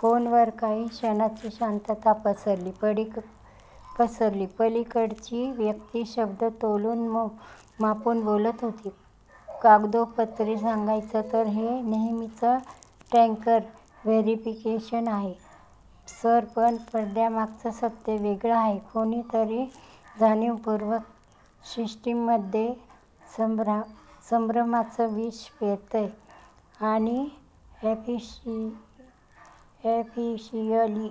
फोनवर काही क्षणांची शांतता पसरली. पलीकडची व्यक्ती शब्द तोलून मापून बोलत होती. कागदोपत्री सांगायचं, तर हे नेहमीचं टँकर व्हेरीफिकेशन आहे, सर. पण पडद्यामागचं सत्य वेगळं आहे. कोणीतरी जाणीवपूर्वक सिस्टीममध्ये संभ्रमाचं विष पेरतंय. अनऑफिशिअली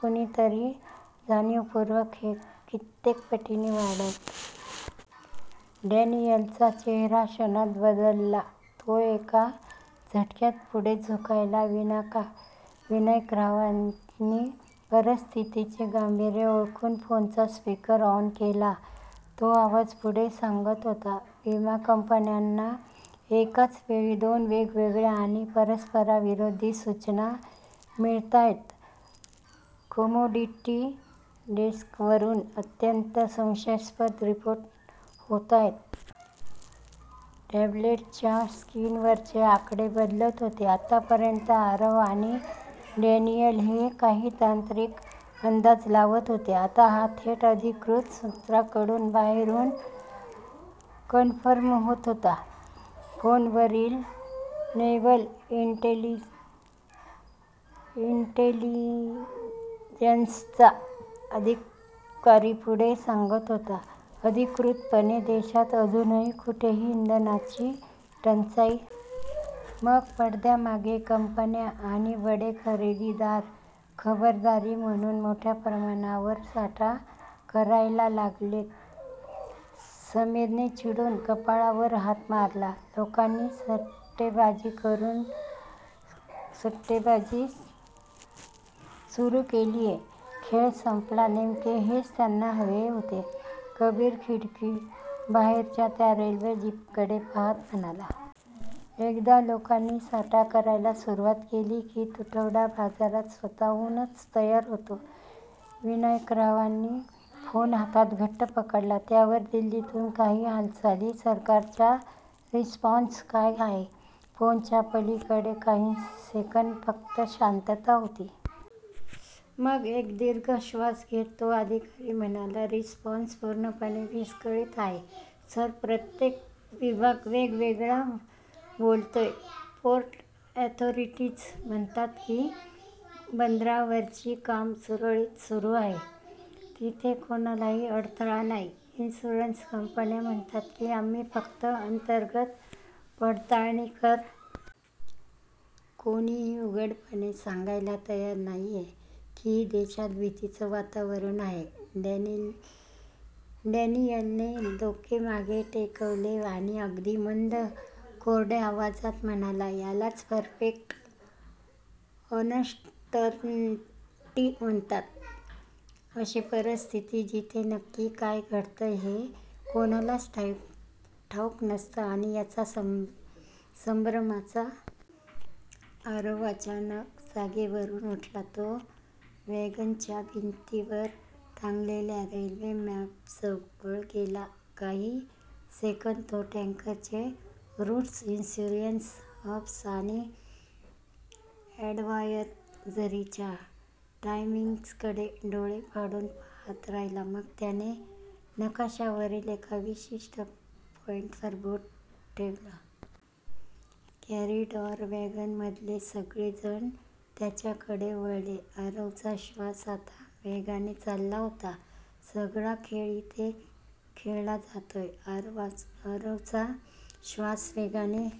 कोणीतरी जाणीवपूर्वक हे कित्येक पटीने वाढवतंय. डॅनियलचा चेहरा क्षणात बदलला. तो एका झटक्यात पुढे झुकला. विनायकरावांनी परिस्थितीचे गांभीर्य ओळखून फोनचा स्पीकर ऑन केला. तो आवाज पुढे सांगत होता, "विमा कंपन्यांना एकाच वेळी दोन वेगवेगळ्या आणि परस्परविरोधी सूचना मिळतायत. कमोडिटी डेस्कवरून अत्यंत संशयास्पद रिपोर्ट होतायत. टॅबलेटच्या स्क्रीनवरचे आकडे बदलत होते. आतापर्यंत आरव आणि डॅनियल जे काही तांत्रिक अंदाज लावत होते, आता हा थेट अधिकृत सूत्रांकडून बाहेरून कन्फर्म होत होता. फोनवरील नेव्हल इंटेलिजन्सचा अधिकारी पुढे सांगत होता, "अधिकृतपणे देशात अजून कुठेही इंधनाची टंचाई जाहीर झालेली नाही सर. पण पडद्यामागे कंपन्या आणि बडे खरेदीदार खबरदारी म्हणून मोठ्या प्रमाणावर साठा करायला लागलेत." समीरने चिडून कपाळावर हात मारला, "लोकांनी साठेबाजी सुरू केलीये, खेळ संपला." "नेमके हेच त्यांना हवे होते," कबीर खिडकीबाहेरच्या त्या रेल्वे जीपकडे पाहत म्हणाला. "एकदा लोकांनी साठा करायला सुरुवात केली, की तुटवडा बाजारात स्वतःहूनच तयार होतो." विनायकरावांनी फोन हातात घट्ट पकडला, "यावर दिल्लीतून काही हालचाली? सरकारचा रिस्पॉन्स काय आहे? " फोनच्या पलीकडे काही सेकंद फक्त शांतता होती. मग एक दीर्घ श्वास घेत तो अधिकारी म्हणाला, "रिस्पॉन्स पूर्णपणे विस्कळीत आहे, सर. प्रत्येक विभाग वेगवेगळं बोलतोय. पोर्ट अथॉरिटीज म्हणतात की बंदरांवरची कामं सुरळीत सुरू आहेत, तिथे कोणताही अडथळा नाही. इन्शुरन्स कंपन्या म्हणतात की आम्ही फक्त अंतर्गत पडताळणी करतोय आणि आर्थिक बाजारात कमोडिटी डेस्क आपले शेअर्स सुरक्षित करण्यासाठी धावपळ करतायत. कोणीही उघडपणे सांगायला तयार नाहीये की देशात भीतीचं वातावरण आहे." डॅनियलने डोके मागे टेकवले आणि अगदी मंद, कोरड्या आवाजात म्हणाला, "यालाच 'परफेक्ट अनसर्टनटी' म्हणतात. अशी परिस्थिती, जिथे नक्की काय घडतंय हे कोणालाच ठाऊक नसतं आणि याच संभ्रमाचा फायदा घेऊन 'ब्लॅक एम्बर' आपला खिसा भरत असतं." आरव अचानक जागेवरून उठला. तो वॅगनच्या भिंतीवर टांगलेल्या रेल्वे मॅपजवळ गेला. काही सेकंद तो टॅन्करचे रूट्स, इन्शुरन्स हब्स आणि अॅडव्हायझरीच्या टायमिंग्सकडे डोळे फाडून पाहत राहिला. मग त्याने नकाशावरील एका विशिष्ट पॉईंटवर बोट ठेवलं. कॉरिडॉर. वॅगनमधले सगळे जण त्याच्याकडे वळले. आरवचा श्वास आता वेगाने चालला होता. "सगळा खेळ इथे खेळला जातोय," आरवचा श्वास वेगाने